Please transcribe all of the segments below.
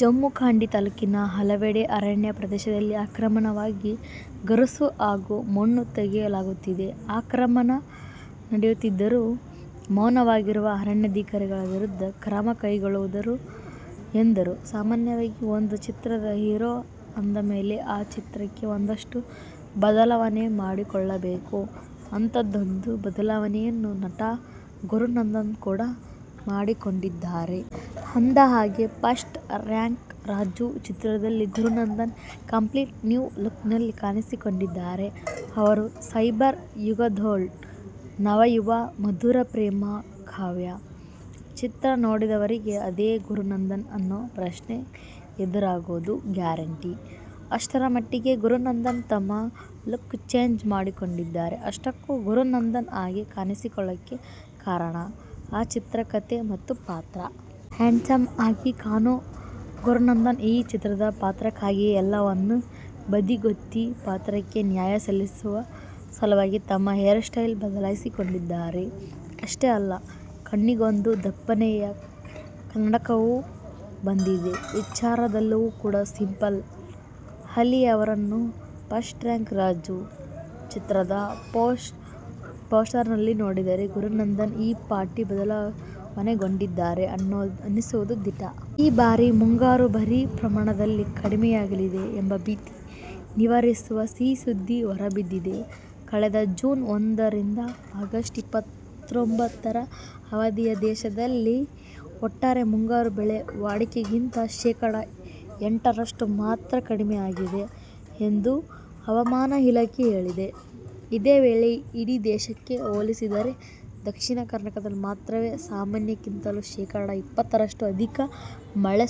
ಜಮಖಂಡಿ ತಾಲೂಕಿನ ಹಲವೆಡೆ ಅರಣ್ಯ ಪ್ರದೇಶದಲ್ಲಿ ಅಕ್ರಮವಾಗಿ ಗರಸು ಹಾಗೂ ಮಣ್ಣು ತೆಗೆಯಲಾಗುತ್ತಿದೆ. ಅಕ್ರಮ ನಡೆಯುತ್ತಿದ್ದರೂ ಮೌನವಾಗಿರುವ ಅರಣ್ಯಾಧಿಕಾರಿಗಳ ವಿರುದ್ಧ ಕ್ರಮ ಕೈಗೊಳ್ಳಲಾಗುವುದು ಎಂದರು. ಸಾಮಾನ್ಯವಾಗಿ ಒಂದು ಚಿತ್ರದ ಹೀರೋ ಅಂದಮೇಲೆ ಆ ಚಿತ್ರಕ್ಕೆ ಒಂದಷ್ಟು ಬದಲಾವಣೆ ಮಾಡಿಕೊಳ್ಳಲೇಬೇಕು. ಅಂಥದ್ದೊಂದು ಬದಲಾವಣೆಯನ್ನು ನಟ ಗುರುನಂದನ್ ಕೂಡ ಮಾಡಿಕೊಂಡಿದ್ದಾರೆ. ಅಂದಹಾಗೆ, "ಫಸ್ಟ್ ರ್ಯಾಂಕ್ ರಾಜು' ಚಿತ್ರದಲ್ಲಿ ಗುರುನಂದನ್ ಕಂಪ್ಲೀಟ್ ನ್ಯೂ ಲುಕ್ನಲ್ಲಿ ಕಾಣಿಸಿಕೊಂಡಿದ್ದಾರೆ. ಅವರ "ಸೈಬರ್ ಯುಗದೊಳ್ ನವಯುವ ಮಧುರ ಪ್ರೇಮ ಕಾವ್ಯ' ಚಿತ್ರ ನೋಡಿದವರಿಗೆ ಅದೇ ಗುರುನಂದನಾ ಅನ್ನೋ ಪ್ರಶ್ನೆ ಎದುರಾಗೋದು ಗ್ಯಾರಂಟಿ. ಅಷ್ಟರಮಟ್ಟಿಗೆ ಗುರುನಂದನ್ ತಮ್ಮ ಲುಕ್ ಚೇಂಜ್ ಮಾಡಿಕೊಂಡಿದ್ದಾರೆ. ಅಷ್ಟಕ್ಕೂ ಗುರುನಂದನ್ ಹಾಗೆ ಕಾಣಿಸಿಕೊಳ್ಳೋಕೆ ಕಾರಣ, ಆ ಚಿತ್ರದ ಕಥೆ ಮತ್ತು ಪಾತ್ರ. ಹ್ಯಾಂಡ್ಸಮ್ ಆಗಿ ಕಾಣೋ ಗುರುನಂದನ್, ಈ ಚಿತ್ರದ ಪಾತ್ರಕ್ಕಾಗಿಯೇ ಎಲ್ಲವನ್ನೂ ಬದಿಗೊತ್ತಿ, ಪಾತ್ರಕ್ಕೆ ನ್ಯಾಯ ಸಲ್ಲಿಸುವ ಸಲುವಾಗಿ, ತಮ್ಮ ಹೇರ್ಸ್ಟೈಲ್ ಬದಲಿಸಿಕೊಂಡಿದ್ದಾರೆ. ಅಷ್ಟೇ ಅಲ್ಲ, ಕಣ್ಣಿಗೊಂದು ದಪ್ಪನೆಯ ಕನ್ನಡಕವೂ ಬಂದಿದೆ. ವಿಚಾರದಲ್ಲೂ ಕೂಡ ಸಿಂಪಲ್. ಅಲ್ಲಿಗೆ ಅವರನ್ನು "ಫಸ್ಟ್ರ್ಯಾಂಕ್ ರಾಜು' ಚಿತ್ರದ ಪೋಸ್ಟರ್ನಲ್ಲಿ ನೋಡಿದರೆ, ಗುರುನಂದನ್ ಈ ಪಾಟಿ ಬದಲಾವಣೆಗೊಂಡಿದ್ದಾರಾ ಅನ್ನಿಸೋದು ದಿಟ. ಈ ಬಾರಿ ಮುಂಗಾರು ಭಾರೀ ಪ್ರಮಾಣದಲ್ಲಿ ಕಡಿಮೆಯಾಗಲಿದೆ ಎಂಬ ಭೀತಿ ನಿವಾರಿಸುವ ಸಿಹಿ ಸುದ್ದಿ ಹೊರಬಿದ್ದಿದೆ. ಕಳೆದ ಜೂನ್ ಒಂದ ರಿಂದ ಆಗಸ್ಟ್ ಇಪ್ಪತ್ತೊಂಬತ್ತರ ಅವಧಿಯಲ್ಲಿ ದೇಶದಲ್ಲಿ ಒಟ್ಟಾರೆ ಮುಂಗಾರು ಮಳೆ ವಾಡಿಕೆಗಿಂತ ಶೇಖಡ ಎಂಟರಷ್ಟು ಮಾತ್ರ ಕಡಿಮೆಯಾಗಿದೆ ಎಂದು ಹವಾಮಾನ ಇಲಾಖೆ ಹೇಳಿದೆ. ಇದೇ ವೇಳೆ ಇಡೀ ದೇಶಕ್ಕೆ ಹೋಲಿಸಿದರೆ, ದಕ್ಷಿಣ ಕರ್ನಾಟಕದಲ್ಲಿ ಮಾತ್ರವೇ ಸಾಮಾನ್ಯಕ್ಕಿಂತಲೂ ಶೇಖಡ ಇಪ್ಪತ್ತರಷ್ಟು ಅಧಿಕ ಮಳೆ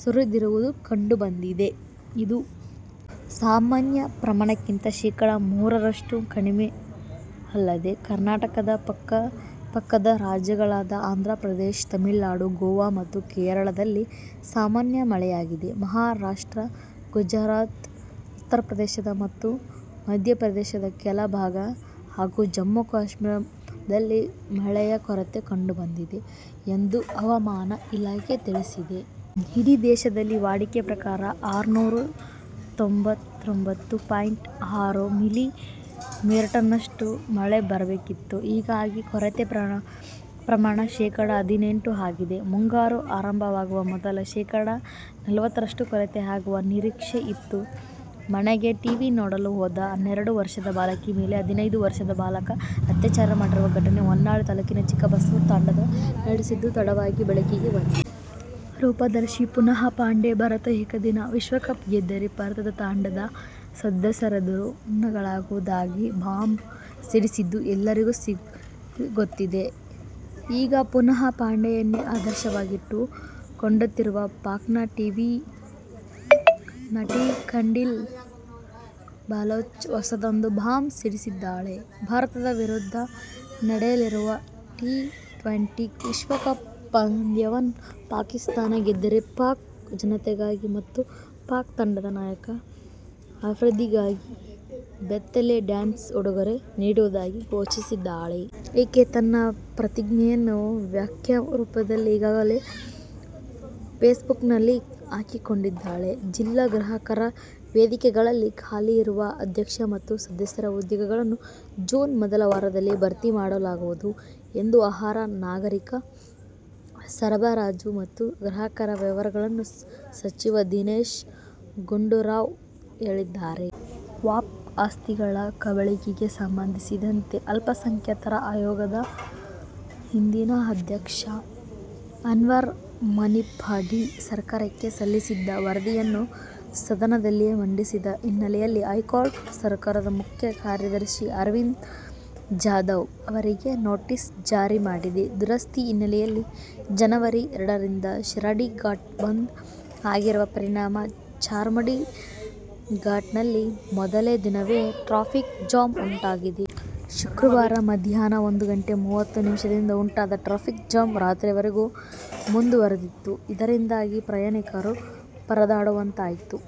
ಸುರಿದಿರುವುದು ಕಂಡುಬಂದಿದೆ. ಇದು ಸಾಮಾನ್ಯ ಪ್ರಮಾಣಕ್ಕಿಂತ ಶೇಖಡ ಮೂರರಷ್ಟು ಕಡಿಮೆ. ಅಲ್ಲದೆ, ಕರ್ನಾಟಕದ ಪಕ್ಕದ ರಾಜ್ಯಗಳಾದ ಆಂಧ್ರಪ್ರದೇಶ, ತಮಿಳುನಾಡು, ಗೋವಾ ಮತ್ತು ಕೇರಳದಲ್ಲಿ ಸಾಮಾನ್ಯ ಮಳೆಯಾಗಿದೆ. ಮಹಾ ರಾಷ್ಟ್ರ, ಗುಜರಾತ್, ಉತ್ತರ ಪ್ರದೇಶದ ಮತ್ತು ಮಧ್ಯ ಪ್ರದೇಶದ ಕೆಲ ಭಾಗ, ಹಾಗೂ ಜಮ್ಮು ಕಾಶ್ಮೀರದಲ್ಲಿ ಮಳೆಯ ಕೊರತೆ ಕಂಡು ಬಂದಿದೆ ಎಂದು ಹವಾಮಾನ ಇಲಾಖೆ ತಿಳಿಸಿದೆ. ಇಡೀ ದೇಶದಲ್ಲಿ ವಾಡಿಕೆ ಪ್ರಕಾರ ಆರುನೂರ ತೊಂಬತ್ತೊಂಬತ್ತು ಪಾಯಿಂಟ್ ಆರು ಮಿಲಿ ಮೀಟರ್ನಷ್ಟು ಮಳೆ ಬರಬೇಕಿತ್ತು. ಹೀಗಾಗಿ ಕೊರತೆ ಪ್ರಮಾಣ ಶೇಖಡ ಹದಿನೆಂಟು ಆಗಿದೆ. ಮುಂಗಾರು ಆರಂಭವಾಗುವ ಮೊದಲು ಶೇಖಡ ನಲವತ್ತರಷ್ಟು ಕೊರತೆಯಾಗುವ ನಿರೀಕ್ಷೆ ಇತ್ತು. ಮನೆಗೆ ಟೀವಿ ನೋಡಲು ಹೋದ ಹನ್ನೆರಡು ವರ್ಷದ ಬಾಲಕಿ ಮೇಲೆ ಹದಿನೈದು ವರ್ಷದ ಬಾಲಕ ಅತ್ಯಾಚಾರ ಮಾಡಿರುವ ಘಟನೆ ಹೊನ್ನಾಳಿ ತಾಲೂಕು ಚಿಕ್ಕಬಾಸೂರು ತಾಂಡಾದಲ್ಲಿ ನಡೆದಿದ್ದು, ತಡವಾಗಿ ಬೆಳಕಿಗೆ ಬಂದಿದೆ. ರೂಪದರ್ಶಿ ಪೂನಂ ಪಾಂಡೆ ಭಾರತ ಏಕದಿನ ವಿಶ್ವಕಪ್ ಗೆದ್ದರೆ ಭಾರತ ತಂಡದ ಸದಸ್ಯರೆದುರು ನಗ್ನಳಾಗುವುದಾಗಿ ಬಾಂಬ್ ಸಿಡಿಸಿದ್ದು ಎಲ್ಲರಿಗೂ ಗೊತ್ತಿದೆ. ಈಗ ಪೂನಂ ಪಾಂಡೆಯನ್ನೇ ಆದರ್ಶವಾಗಿಟ್ಟು ಕೊಂಡಂತಿರುವ ಪಾಕ್ನ ಟೀವಿ ನಟಿ ಖಂಡೀಲ್ ಬಲೂಚ್ ಹೊಸದೊಂದು ಬಾಂಬ್ ಸಿಡಿಸಿದ್ದಾಳೆ. ಭಾರತದ ವಿರುದ್ಧ ನಡೆಯಲಿರುವ ಟಿ-ಟ್ವೆಂಟಿ ವಿಶ್ವಕಪ್ ಪಂದ್ಯವನ್ನು ಪಾಕಿಸ್ತಾನ ಗೆದ್ದರೆ ಪಾಕ್ ಜನತೆಗಾಗಿ ಮತ್ತು ಪಾಕ್ ತಂಡದ ನಾಯಕ ಅಫ್ರಿದಿಗಾಗಿ ಬೆತ್ತಲೆ ಡ್ಯಾನ್ಸ್ನ ಉಡುಗೊರೆ ನೀಡುವುದಾಗಿ ಘೋಷಿಸಿದ್ದಾಳೆ. ಈಕೆ ತನ್ನ ಪ್ರತಿಜ್ಞೆಯನ್ನು ವಾಕ್ಯ ರೂಪದಲ್ಲಿ ಈಗಾಗಲೇ ಫೇಸ್ಬುಕ್ನಲ್ಲಿ ಹಾಕಿಕೊಂಡಿದ್ದಾಳೆ. ಜಿಲ್ಲಾ ಗ್ರಾಹಕರ ವೇದಿಕೆಗಳಲ್ಲಿ ಖಾಲಿ ಇರುವ ಅಧ್ಯಕ್ಷ ಮತ್ತು ಸದಸ್ಯರ ಹುದ್ದೆಗಳನ್ನು ಜೂನ್ ಮೊದಲ ವಾರದಲ್ಲಿ ಭರ್ತಿ ಮಾಡಲಾಗುವುದು ಎಂದು ಆಹಾರ, ನಾಗರೀಕ ಸರಬರಾಜು ಮತ್ತು ಗ್ರಾಹಕರ ವ್ಯವಹಾರಗಳ ಸಚಿವ ದಿನೇಶ್ ಗುಂಡೂರಾವ್ ಹೇಳಿದ್ದಾರೆ. ವಕ್ಫ್ ಆಸ್ತಿಗಳ ಕಬಳಿಕೆಗೆ ಸಂಬಂಧಿಸಿದಂತೆ ಅಲ್ಪಸಂಖ್ಯಾತರ ಆಯೋಗದ ಹಿಂದಿನ ಅಧ್ಯಕ್ಷ ಅನ್ವರ್ ಮಾಣಿಪ್ಪಾಡಿ ಸರ್ಕಾರಕ್ಕೆ ಸಲ್ಲಿಸಿದ್ದ ವರದಿಯನ್ನು ಸದನದಲ್ಲಿ ಮಂಡಿಸದ ಹಿನ್ನೆಲೆಯಲ್ಲಿ ಹೈಕೋರ್ಟ್ ಸರ್ಕಾರದ ಮುಖ್ಯ ಕಾರ್ಯದರ್ಶಿ ಅರವಿಂದ್ ಜಾಧವ್ ಅವರಿಗೆ ನೋಟಿಸ್ ಜಾರಿ ಮಾಡಿದೆ. ದುರಸ್ತಿ ಹಿನ್ನೆಲೆಯಲ್ಲಿ ಜನವರಿ ಎರಡರಿಂದ ಶಿರಾಡಿ ಘಾಟ್ ಬಂದ್ ಆಗಿರುವ ಪರಿಣಾಮ ಚಾರ್ಮಾಡಿ ಘಾಟ್ನಲ್ಲಿ ಮೊದಲ ದಿನವೇ ಟ್ರಾಫಿಕ್ ಜಾಮ್ ಉಂಟಾಗಿದೆ. ಶುಕ್ರವಾರ ಮಧ್ಯಾಹ್ನ ಒಂದು ಗಂಟೆ ಮೂವತ್ತು ನಿಮಿಷದಿಂದ ಉಂಟಾದ ಟ್ರಾಫಿಕ್ ಜಾಮ್, ರಾತ್ರಿವರೆಗೂ ಮುಂದುವರಿದಿತ್ತು. ಇದರಿಂದಾಗಿ ಪ್ರಯಾಣಿಕರು ಪರದಾಡುವಂತಾಯಿತು.